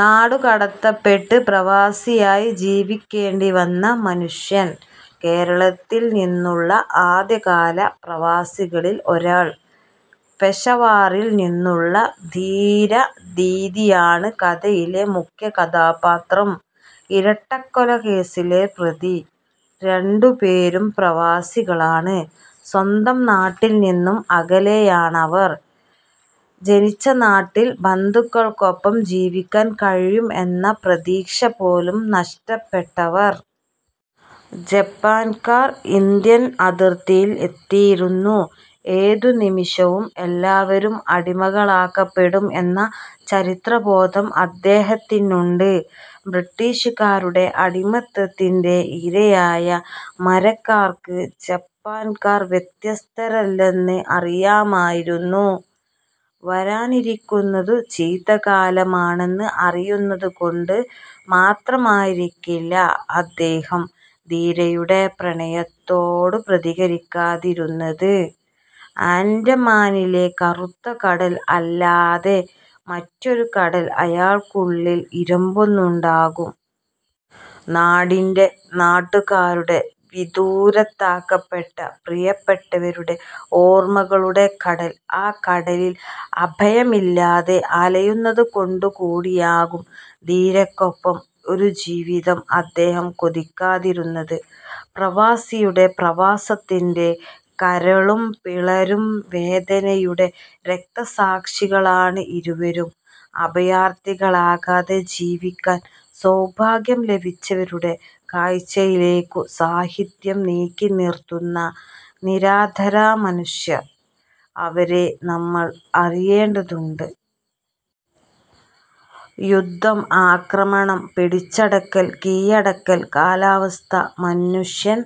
നാടു കടത്തപ്പെട്ട് പ്രവാസിയായി ജീവിക്കേണ്ടിവന്ന മനുഷ്യൻ. കേരളത്തിൽ നിന്നുള്ള ആദ്യകാല പ്രവാസികളിൽ ഒരാൾ. പെഷവാറിൽ നിന്നുള്ള ധീരാദീദിയാണ് കഥയിലെ മുഖ്യ കഥാപാത്രം. ഇരട്ടക്കൊലക്കേസിലെ പ്രതി. രണ്ടു പേരും പ്രവാസികളാണ്. സ്വന്തം നാട്ടിൽ നിന്ന് അകലെയാണവർ. ജനിച്ച നാട്ടിൽ ബന്ധുക്കൾക്കൊപ്പം ജീവിക്കാൻ കഴിയും എന്ന പ്രതീക്ഷ പോലും നഷ്ടപ്പെട്ടവർ. ജപ്പാൻകാർ ഇന്ത്യൻ അതിർത്തിയിൽ എത്തിയിരുന്നു. ഏതു നിമിഷവും എല്ലാവരും അടിമകളാക്കപ്പെടും എന്ന ചരിത്രബോധം അദ്ദേഹത്തിനുണ്ട്. ബ്രിട്ടിഷുകാരുടെ അടിമത്തത്തിന്റെ ഇരയായ മരക്കാർക്ക് ജപ്പാൻകാർ വ്യത്യസ്തരല്ലെന്ന് അറിയാമായിരുന്നു. വരാനിരിക്കുന്നതു ചീത്തക്കാലമാണെന്ന് അറിയുന്നതു കൊണ്ടു മാത്രമായിരിക്കില്ല അദ്ദേഹം ധീരയുടെ പ്രണയത്തോടു പ്രതികരിക്കാതിരുന്നത്. ആൻഡമാനിലെ കറുത്ത കടൽ അല്ലാതെ മറ്റൊരു കടൽ അയാൾക്കുള്ളിൽ ഇരമ്പുന്നുണ്ടാകും. നാടിന്റെ, നാട്ടുകാരുടെ, വിദൂരത്താക്കപ്പെട്ട പ്രിയപ്പെട്ടവരുടെ ഓർമകളുടെ കടൽ. ആ കടലിൽ അഭയമില്ലാതെ അലയുന്നതുകൊണ്ടുകൂടിയാകും ധീരയ്ക്കൊപ്പം ഒരു ജീവിതം അദ്ദേഹം കൊതിക്കാതിരുന്നത്. പ്രവാസിയുടെ, പ്രവാസത്തിന്റെ കരളും പിളരും വേദനയുടെ രക്തസാക്ഷികളാണ് ഇരുവരും. അഭയാർഥികളാകാതെ ജീവിക്കാൻ സൗഭാഗ്യം ലഭിച്ചവരുടെ കാഴ്ചയിലേക്കു സാഹിത്യം നീക്കിനിർത്തുന്ന നിരാധര മനുഷ്യർ. അവരെ നമ്മൾ അറിയേണ്ടതുണ്ട്. യുദ്ധം, ആക്രമണം, പിടിച്ചടക്കൽ, കീഴടക്കൽ, കാലാവസ്ഥ. മനുഷ്യൻ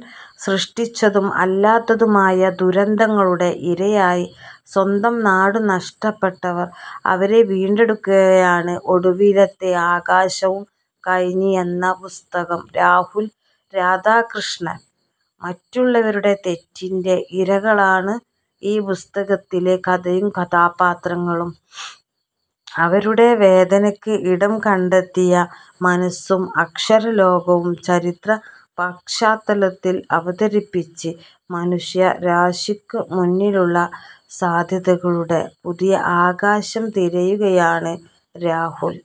സൃഷ്ടിച്ചതും അല്ലാത്തതുമായ ദുരന്തങ്ങളുടെ ഇരയായി സ്വന്തം നാടു നഷ്ടപ്പെട്ടവർ. അവരെ വീണ്ടെടുക്കുകയാണ് ഒടുവിലത്തെ ആകാശവും കഴിഞ്ഞ് എന്ന പുസ്തകം രാഹുൽ രാധാകൃഷ്ണൻ. മറ്റുള്ളവരുടെ തെറ്റിന്റെ ഇരകളാണ് ഈ പുസ്തകത്തിലെ കഥയും കഥാപാത്രങ്ങളും. അവരുടെ വേദനയ്ക്ക് ഇടം കണ്ടെത്തിയ മനസ്സും അക്ഷരലോകവും ചരിത്ര പശ്ചാത്തലത്തിൽ അവതരിപ്പിച്ച് മനുഷ്യരാശിക്കു മുന്നിലുള്ള സാധ്യതകളുടെ പുതിയ ആകാശം തിരയുകയാണ് രാഹുൽ.